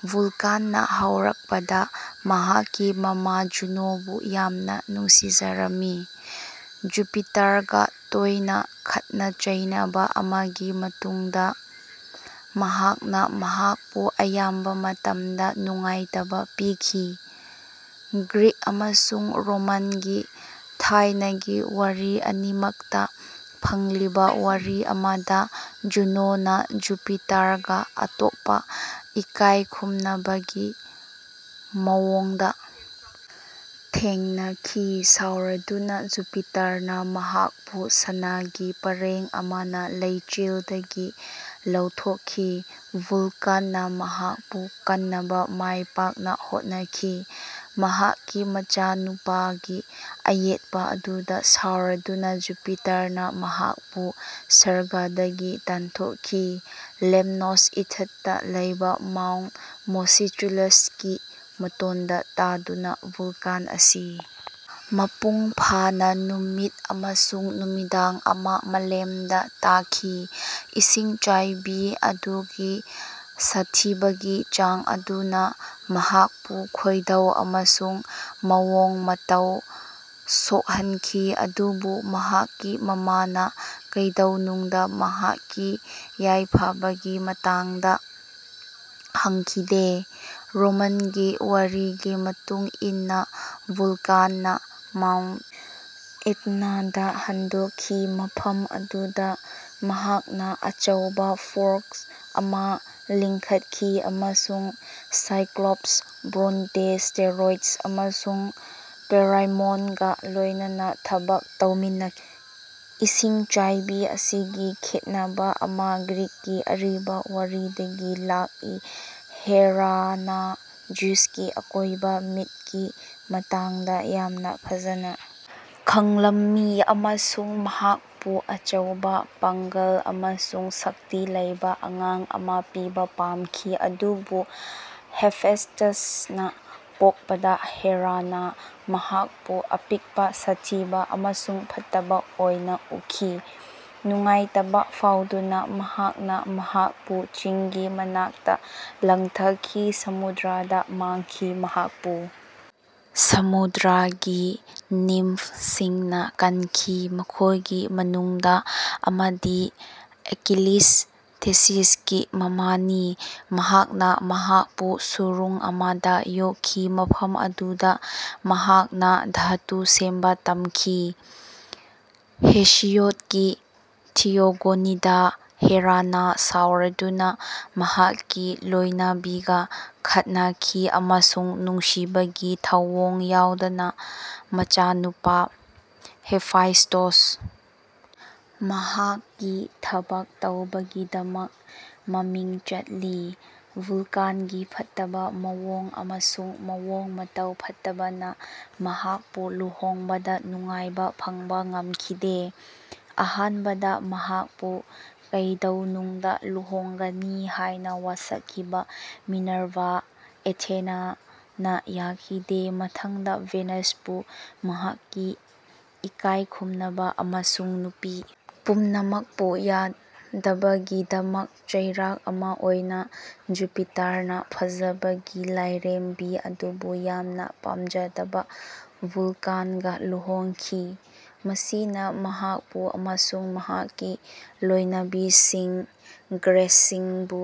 ꯚꯨꯜꯀꯥꯟꯅ ꯍꯧꯔꯛꯄꯗ, ꯃꯍꯥꯛꯀꯤ ꯃꯃꯥ ꯖꯨꯅꯣꯕꯨ ꯌꯥꯝꯅ ꯅꯨꯡꯁꯤꯖꯔꯝꯃꯤ꯫ ꯖꯨꯄꯤꯇꯔꯒ ꯇꯣꯏꯅ ꯈꯠꯅ-ꯆꯩꯅꯕ ꯑꯃꯒꯤ ꯃꯇꯨꯡꯗ ꯃꯍꯥꯛꯅ ꯃꯍꯥꯛꯄꯨ ꯑꯌꯥꯝꯕ ꯃꯇꯝꯗ ꯅꯨꯡꯉꯥꯏꯇꯕ ꯄꯤꯈꯤ꯫ ꯒ꯭ꯔꯤꯛ ꯑꯃꯁꯨꯡ ꯔꯣꯃꯥꯟꯒꯤ ꯊꯥꯏꯅꯒꯤ ꯋꯥꯔꯤ ꯑꯅꯤꯃꯛꯇ ꯐꯪꯂꯤꯕ ꯋꯥꯔꯤ ꯑꯃꯗ, ꯖꯨꯅꯣꯅ ꯖꯨꯄꯤꯇꯔꯒ ꯑꯇꯣꯞꯄ ꯏꯀꯥꯏ ꯈꯨꯝꯅꯕꯒꯤ ꯃꯋꯣꯡꯗ ꯊꯦꯡꯅꯈꯤ꯫ ꯁꯥꯎꯔꯗꯨꯅ, ꯖꯨꯄꯤꯇꯔꯅ ꯃꯍꯥꯛꯄꯨ ꯁꯅꯥꯒꯤ ꯄꯔꯦꯡ ꯑꯃꯅ ꯂꯩꯆꯤꯜꯗꯒꯤ ꯂꯧꯊꯣꯛꯈꯤ꯫ ꯚꯨꯜꯀꯥꯟꯅ ꯃꯍꯥꯛꯄꯨ ꯀꯟꯅꯕ ꯃꯥꯏ ꯄꯥꯛꯅ ꯍꯣꯠꯅꯈꯤ꯫ ꯃꯍꯥꯛꯀꯤ ꯃꯆꯥꯅꯨꯄꯥꯒꯤ ꯑꯌꯦꯠꯄ ꯑꯗꯨꯗ ꯁꯥꯎꯔꯗꯨꯅ ꯖꯨꯄꯤꯇꯔꯅ ꯃꯍꯥꯛꯄꯨ ꯁꯔꯒꯗꯒꯤ ꯇꯥꯟꯊꯣꯛꯈꯤ꯫ ꯂꯦꯝꯅꯣꯁ ꯏꯊꯠꯇ ꯂꯩꯕ ꯃꯥꯎꯟꯠ ꯃꯣꯁꯤꯆꯨꯂꯁꯀꯤ ꯃꯇꯣꯟꯗ ꯇꯥꯗꯨꯅ ꯚꯨꯜꯀꯥꯟ ꯑꯁꯤ ꯃꯄꯨꯡ ꯐꯥꯕ ꯅꯨꯃꯤꯠ ꯑꯃꯁꯨꯡ ꯅꯨꯃꯤꯗꯥꯡ ꯑꯃ ꯃꯥꯂꯦꯝꯗ ꯇꯥꯈꯤ꯫ ꯏꯁꯤꯡꯆꯥꯏꯕꯤ ꯑꯗꯨꯒꯤ ꯁꯥꯊꯤꯕꯒꯤ ꯆꯥꯡ ꯑꯗꯨꯅ ꯃꯍꯥꯛꯄꯨ ꯈꯣꯏꯗꯧ ꯑꯃꯁꯨꯡ ꯃꯑꯣꯡ ꯃꯇꯧ ꯁꯣꯛꯍꯟꯈꯤ, ꯑꯗꯨꯕꯨ ꯃꯍꯥꯛꯀꯤ ꯃꯃꯥꯅ ꯀꯩꯗꯧꯅꯨꯡꯗ ꯃꯍꯥꯛꯀꯤ ꯌꯥꯏꯐꯕꯒꯤ ꯃꯇꯥꯡꯗ ꯍꯪꯈꯤꯗꯦ꯫ ꯔꯣꯃꯥꯟꯒꯤ ꯋꯥꯔꯤꯒꯤ ꯃꯇꯨꯡ ꯏꯟꯅ, ꯚꯨꯜꯀꯥꯟꯅ ꯃꯥꯎꯟꯠ ꯑꯦꯠꯅꯥꯗ ꯍꯟꯗꯣꯛꯈꯤ ꯃꯐꯝ ꯑꯗꯨꯗ ꯃꯍꯥꯛꯅ ꯑꯆꯧꯕ ꯐꯣꯔꯖ ꯑꯃ ꯂꯤꯡꯈꯠꯈꯤ ꯑꯃꯁꯨꯡ ꯁꯥꯏꯀ꯭ꯂꯣꯞꯁ ꯕ꯭ꯔꯣꯟꯇꯦ, ꯁ꯭ꯇꯦꯔꯣꯏꯗꯁ ꯑꯃꯁꯨꯡ ꯄꯥꯏꯔꯦꯃꯣꯟꯒ ꯂꯣꯏꯅꯅ ꯊꯕꯛ ꯇꯧꯃꯤꯟꯅꯈꯤ꯫ ꯏꯁꯤꯡꯆꯥꯏꯕꯤ ꯑꯁꯤꯒꯤ ꯈꯦꯠꯅꯕ ꯑꯃ ꯒ꯭ꯔꯤꯛꯀꯤ ꯑꯔꯤꯕ ꯋꯥꯔꯤꯗꯒꯤ ꯂꯥꯛꯏ꯫ ꯍꯦꯔꯥꯅ ꯖ꯭ꯌꯨꯁꯀꯤ ꯑꯀꯣꯏꯕ ꯃꯤꯠꯀꯤ ꯃꯇꯥꯡꯗ ꯌꯥꯝꯅ ꯐꯖꯅ ꯈꯪꯂꯝꯃꯤ ꯑꯃꯁꯨꯡ ꯃꯍꯥꯛꯄꯨ ꯑꯆꯧꯕ ꯄꯥꯡꯒꯜ ꯑꯃꯁꯨꯡ ꯁꯛꯇꯤ ꯂꯩꯕ ꯑꯉꯥꯡ ꯑꯃ ꯄꯤꯕ ꯄꯥꯝꯈꯤ, ꯑꯗꯨꯕꯨ ꯍꯦꯐꯦꯁ꯭ꯇꯁꯅ ꯄꯣꯛꯄꯗ ꯍꯦꯔꯥꯅ ꯃꯍꯥꯛꯄꯨ ꯑꯄꯤꯛꯄ, ꯁꯥꯊꯤꯕ ꯑꯃꯁꯨꯡ ꯐꯠꯇꯕ ꯑꯣꯏꯅ ꯎꯈꯤ꯫ ꯅꯨꯡꯉꯥꯏꯇꯕ ꯐꯥꯎꯗꯨꯅ, ꯃꯍꯥꯛꯅ ꯃꯍꯥꯛꯄꯨ ꯆꯤꯡꯒꯤ ꯃꯅꯥꯛꯇ ꯂꯪꯊꯈꯤ, ꯁꯃꯨꯗ꯭ꯔꯗ ꯃꯥꯡꯈꯤ꯫ ꯃꯍꯥꯛꯄꯨ ꯁꯃꯨꯗ꯭ꯔꯒꯤ ꯅꯤꯝꯐꯁꯤꯡꯅ ꯀꯟꯈꯤ (ꯃꯈꯣꯏꯒꯤ ꯃꯅꯨꯡꯗ ꯑꯃꯗꯤ ꯑꯀꯤꯂꯤꯁ, ꯊꯦꯇꯤꯁꯀꯤ ꯃꯃꯥꯅꯤ), ꯃꯍꯥꯛꯅ ꯃꯍꯥꯛꯄꯨ ꯁꯨꯔꯨꯡ ꯑꯃꯗ ꯌꯣꯛꯈꯤ ꯃꯐꯝ ꯑꯗꯨꯗ ꯃꯍꯥꯛꯅ ꯙꯥꯇꯨ ꯁꯦꯝꯕ ꯇꯝꯈꯤ꯫ ꯍꯦꯁꯤꯌꯣꯗꯀꯤ ꯊꯤꯌꯣꯒꯣꯅꯤꯗ, ꯍꯦꯔꯥꯅ ꯁꯥꯎꯔꯗꯨꯅ, ꯃꯍꯥꯛꯀꯤ ꯂꯣꯏꯅꯕꯤꯒ ꯈꯠꯅꯈꯤ ꯑꯃꯁꯨꯡ ꯅꯨꯡꯁꯤꯕꯒꯤ ꯊꯧꯑꯣꯡ ꯌꯥꯎꯗꯅ ꯃꯆꯥꯅꯨꯄꯥ ꯍꯦꯐꯥꯏꯁ꯭ꯇꯣꯁ, ꯃꯍꯥꯛꯀꯤ ꯊꯕꯛ ꯇꯧꯕꯒꯤꯗꯃꯛ ꯃꯃꯤꯡ ꯆꯠꯂꯤ꯫ ꯚꯨꯜꯀꯥꯟꯒꯤ ꯐꯠꯇꯕ ꯃꯑꯣꯡ ꯑꯃꯁꯨꯡ ꯃꯑꯣꯡ ꯃꯇꯧ ꯐꯠꯇꯕꯅ ꯃꯍꯥꯛꯄꯨ ꯂꯨꯍꯣꯡꯕꯗ ꯅꯨꯡꯉꯥꯏꯕ ꯐꯪꯕ ꯉꯝꯈꯤꯗꯦ꯫ ꯑꯍꯥꯟꯕꯗ, ꯃꯍꯥꯛꯄꯨ ꯀꯩꯗꯧꯅꯨꯡꯗ ꯂꯨꯍꯣꯡꯒꯅꯤ ꯍꯥꯏꯅ ꯋꯥꯁꯛꯈꯤꯕ ꯃꯤꯅꯔꯚꯥ (ꯑꯦꯊꯦꯅꯥ)ꯅ ꯌꯥꯈꯤꯗꯦ꯫ ꯃꯊꯪꯗ, ꯚꯤꯅꯁꯄꯨ ꯃꯍꯥꯛꯀꯤ ꯏꯀꯥꯏ ꯈꯨꯝꯅꯕ ꯑꯃꯁꯨꯡ ꯅꯨꯄꯤ ꯄꯨꯝꯅꯃꯛꯄꯨ ꯌꯥꯗꯕꯒꯤꯗꯃꯛ ꯆꯩꯔꯥꯛ ꯑꯃ ꯑꯣꯏꯅ, ꯖꯨꯄꯤꯇꯔꯅ ꯐꯖꯕꯒꯤ ꯂꯥꯏꯔꯦꯝꯕꯤ ꯑꯗꯨꯕꯨ ꯌꯥꯝꯅ ꯄꯥꯝꯖꯗꯕ ꯚꯨꯜꯀꯥꯟꯒ ꯂꯨꯍꯣꯡꯈꯤ, ꯃꯁꯤꯅ ꯃꯍꯥꯛꯄꯨ ꯑꯃꯁꯨꯡ ꯃꯍꯥꯛꯀꯤ ꯂꯣꯏꯅꯕꯤꯁꯤꯡ ꯒ꯭ꯔꯦꯁꯁꯤꯡꯕꯨ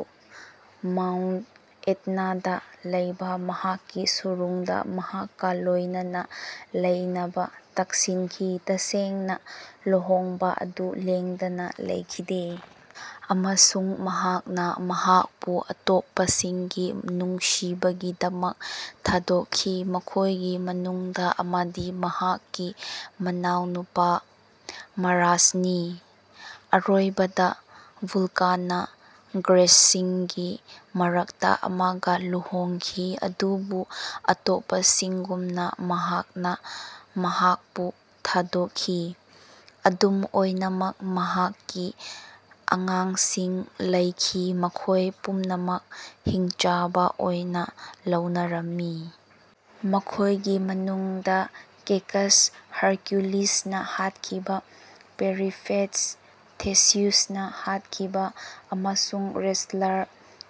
ꯃꯥꯎꯟꯠ ꯑꯦꯠꯅꯥꯗ ꯂꯩꯕ ꯃꯍꯥꯛꯀꯤ ꯁꯨꯔꯨꯡꯗ ꯃꯍꯥꯛꯀ ꯂꯣꯏꯅꯅ ꯂꯩꯅꯕ ꯇꯛꯁꯤꯟꯈꯤ꯫ ꯇꯁꯦꯡꯅ, ꯂꯨꯍꯣꯡꯕ ꯑꯗꯨ ꯂꯦꯡꯗꯅ ꯂꯩꯈꯤꯗꯦ, ꯑꯃꯁꯨꯡ ꯃꯍꯥꯛꯅ ꯃꯍꯥꯛꯄꯨ ꯑꯇꯣꯞꯄꯁꯤꯡꯒꯤ ꯅꯨꯡꯁꯤꯕꯒꯤꯗꯃꯛ ꯊꯥꯗꯣꯛꯈꯤ ꯃꯈꯣꯏꯒꯤ ꯃꯅꯨꯡꯗ ꯑꯃꯗꯤ ꯃꯍꯥꯛꯀꯤ ꯃꯅꯥꯎꯅꯨꯄꯥ ꯃꯥꯔ꯭ꯁꯅꯤ꯫ ꯑꯔꯣꯏꯕꯗ, ꯚꯨꯜꯀꯥꯟꯅ ꯒ꯭ꯔꯦꯁꯁꯤꯡꯒꯤ ꯃꯔꯛꯇ ꯑꯃꯒ ꯂꯨꯍꯣꯡꯈꯤ, ꯑꯗꯨꯕꯨ ꯑꯇꯣꯞꯄꯁꯤꯡꯒꯨꯝꯅ ꯃꯍꯥꯛꯅ ꯃꯍꯥꯛꯄꯨ ꯊꯥꯗꯣꯛꯈꯤ꯫ ꯑꯗꯨꯝ ꯑꯣꯏꯅꯃꯛ, ꯃꯍꯥꯛꯀꯤ ꯑꯉꯥꯡꯁꯤꯡ ꯂꯩꯈꯤ ꯃꯈꯣꯏ ꯄꯨꯝꯅꯃꯛ ꯍꯤꯡꯆꯥꯕ ꯑꯣꯏꯅ ꯂꯧꯅꯔꯝꯃꯤ ꯃꯈꯣꯏꯒꯤ ꯃꯅꯨꯡꯗ ꯀꯦꯀꯁ (ꯍꯔꯀꯨꯂꯤꯁꯅ ꯍꯥꯠꯈꯤꯕ), ꯄꯦꯔꯤꯐꯦꯠꯁ (ꯊꯤꯁꯤꯌꯁꯅ ꯍꯥꯠꯈꯤꯕ), ꯑꯃꯁꯨꯡ ꯔꯦꯁꯠꯂꯔ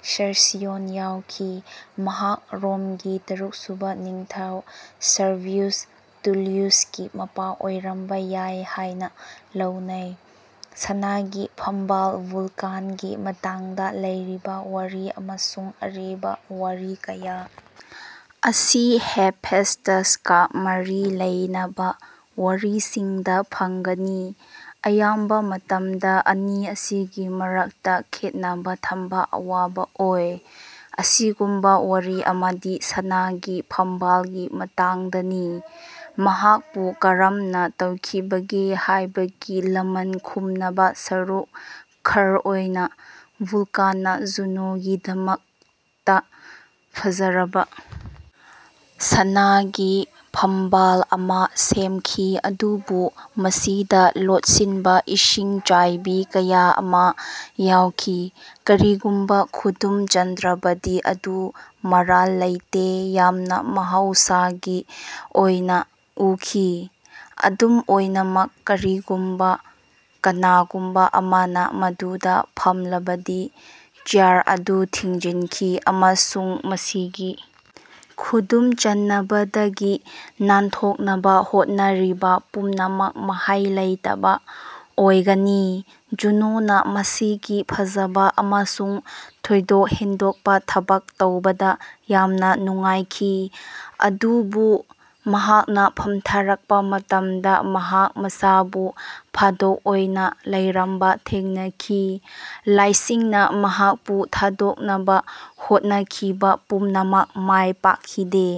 ꯁꯦꯔꯁꯤꯌꯟ ꯌꯥꯎꯈꯤ꯫ ꯃꯍꯥꯛ ꯔꯣꯝꯒꯤ ꯇꯔꯨꯛꯁꯨꯕ ꯅꯤꯡꯊꯧ ꯁꯔꯚꯤꯌꯁ ꯇꯨꯂꯤꯌꯁꯀꯤ ꯃꯄꯥ ꯑꯣꯏꯔꯝꯕ ꯌꯥꯏ ꯍꯥꯏꯅ ꯂꯧꯅꯩ꯫ ꯁꯅꯥꯒꯤ ꯐꯝꯕꯥꯜ ꯚꯨꯜꯀꯥꯟꯒꯤ ꯃꯇꯥꯡꯗ ꯂꯩꯔꯤꯕ ꯋꯥꯔꯤ ꯑꯃꯁꯨꯡ ꯑꯔꯤꯕ ꯋꯥꯔꯤ ꯀꯌꯥ ꯑꯁꯤ ꯍꯦꯐꯦꯁ꯭ꯇꯁꯀ ꯃꯔꯤ ꯂꯩꯅꯕ ꯋꯥꯔꯤꯁꯤꯡꯗ ꯐꯪꯒꯅꯤ꯫ ꯑꯌꯥꯝꯕ ꯃꯇꯝꯗ ꯑꯅꯤ ꯑꯁꯤꯒꯤ ꯃꯔꯛꯇ ꯈꯦꯠꯅꯕ ꯊꯝꯕ ꯑꯋꯥꯕ ꯑꯣꯏ꯫ ꯑꯁꯤꯒꯨꯝꯕ ꯋꯥꯔꯤ ꯑꯃꯗꯤ ꯁꯅꯥꯒꯤ ꯐꯝꯕꯥꯜꯒꯤ ꯃꯇꯥꯡꯗꯅꯤ꯫ ꯃꯍꯥꯛꯄꯨ ꯀꯔꯝꯅ ꯇꯧꯈꯤꯕꯒꯦ ꯍꯥꯏꯕꯒꯤ ꯂꯃꯟ ꯈꯨꯝꯅꯕ ꯁꯔꯨꯛ ꯈꯔ ꯑꯣꯏꯅ, ꯚꯨꯜꯀꯥꯟꯅ ꯖꯨꯅꯣꯒꯤꯗꯃꯛꯇ ꯐꯖꯔꯕ ꯁꯅꯥꯒꯤ ꯐꯝꯕꯥꯜ ꯑꯃ ꯁꯦꯝꯈꯤ, ꯑꯗꯨꯕꯨ ꯃꯁꯤꯗ ꯂꯣꯠꯁꯤꯟꯕ ꯏꯁꯤꯡꯆꯥꯏꯕꯤ ꯀꯌꯥ ꯑꯃ ꯌꯥꯎꯈꯤ꯫ ꯀꯔꯤꯒꯨꯝꯕ ꯈꯨꯗꯨꯝ ꯆꯟꯗ꯭ꯔꯕꯗꯤ, ꯃꯗꯨ ꯃꯔꯥꯜ ꯂꯩꯇꯦ, ꯌꯥꯝꯅ ꯃꯍꯧꯁꯥꯒꯤ ꯑꯣꯏꯅ ꯎꯈꯤ꯫ ꯑꯗꯨꯝ ꯑꯣꯏꯅꯃꯛ, ꯀꯔꯤꯒꯨꯝꯕ ꯀꯅꯥꯒꯨꯝꯕ ꯑꯃꯅ ꯃꯗꯨꯗ ꯐꯝꯂꯕꯗꯤ, ꯆꯦꯌꯔ ꯑꯗꯨ ꯊꯤꯡꯖꯤꯟꯈꯤ, ꯑꯃꯁꯨꯡ ꯃꯁꯤꯒꯤ ꯈꯨꯗꯨꯝ ꯆꯟꯅꯕꯗꯒꯤ ꯅꯥꯟꯊꯣꯛꯅꯕ ꯍꯣꯠꯅꯔꯤꯕ ꯄꯨꯝꯅꯃꯛ ꯃꯍꯩ ꯂꯩꯇꯕ ꯑꯣꯏꯒꯅꯤ꯫ ꯖꯨꯅꯣꯅ ꯃꯁꯤꯒꯤ ꯐꯖꯕ ꯑꯃꯁꯨꯡ ꯊꯣꯏꯗꯣꯛ ꯍꯦꯟꯗꯣꯛꯄ ꯊꯕꯛ ꯇꯧꯕꯗ ꯌꯥꯝꯅ ꯅꯨꯡꯉꯥꯏꯈꯤ, ꯑꯗꯨꯕꯨ ꯃꯍꯥꯛꯅ ꯐꯝꯊꯔꯛꯄ ꯃꯇꯝꯗ ꯃꯍꯥꯛ ꯃꯁꯥꯕꯨ ꯐꯥꯗꯣꯛ ꯑꯣꯏꯅ ꯂꯩꯔꯝꯕ ꯊꯦꯡꯅꯈꯤ꯫ ꯂꯥꯏꯁꯤꯡꯅ ꯃꯍꯥꯛꯄꯨ ꯊꯥꯗꯣꯛꯅꯕ ꯍꯣꯠꯅꯈꯤꯕ ꯄꯨꯝꯅꯃꯛ ꯃꯥꯏ ꯄꯥꯛꯈꯤꯗꯦ꯫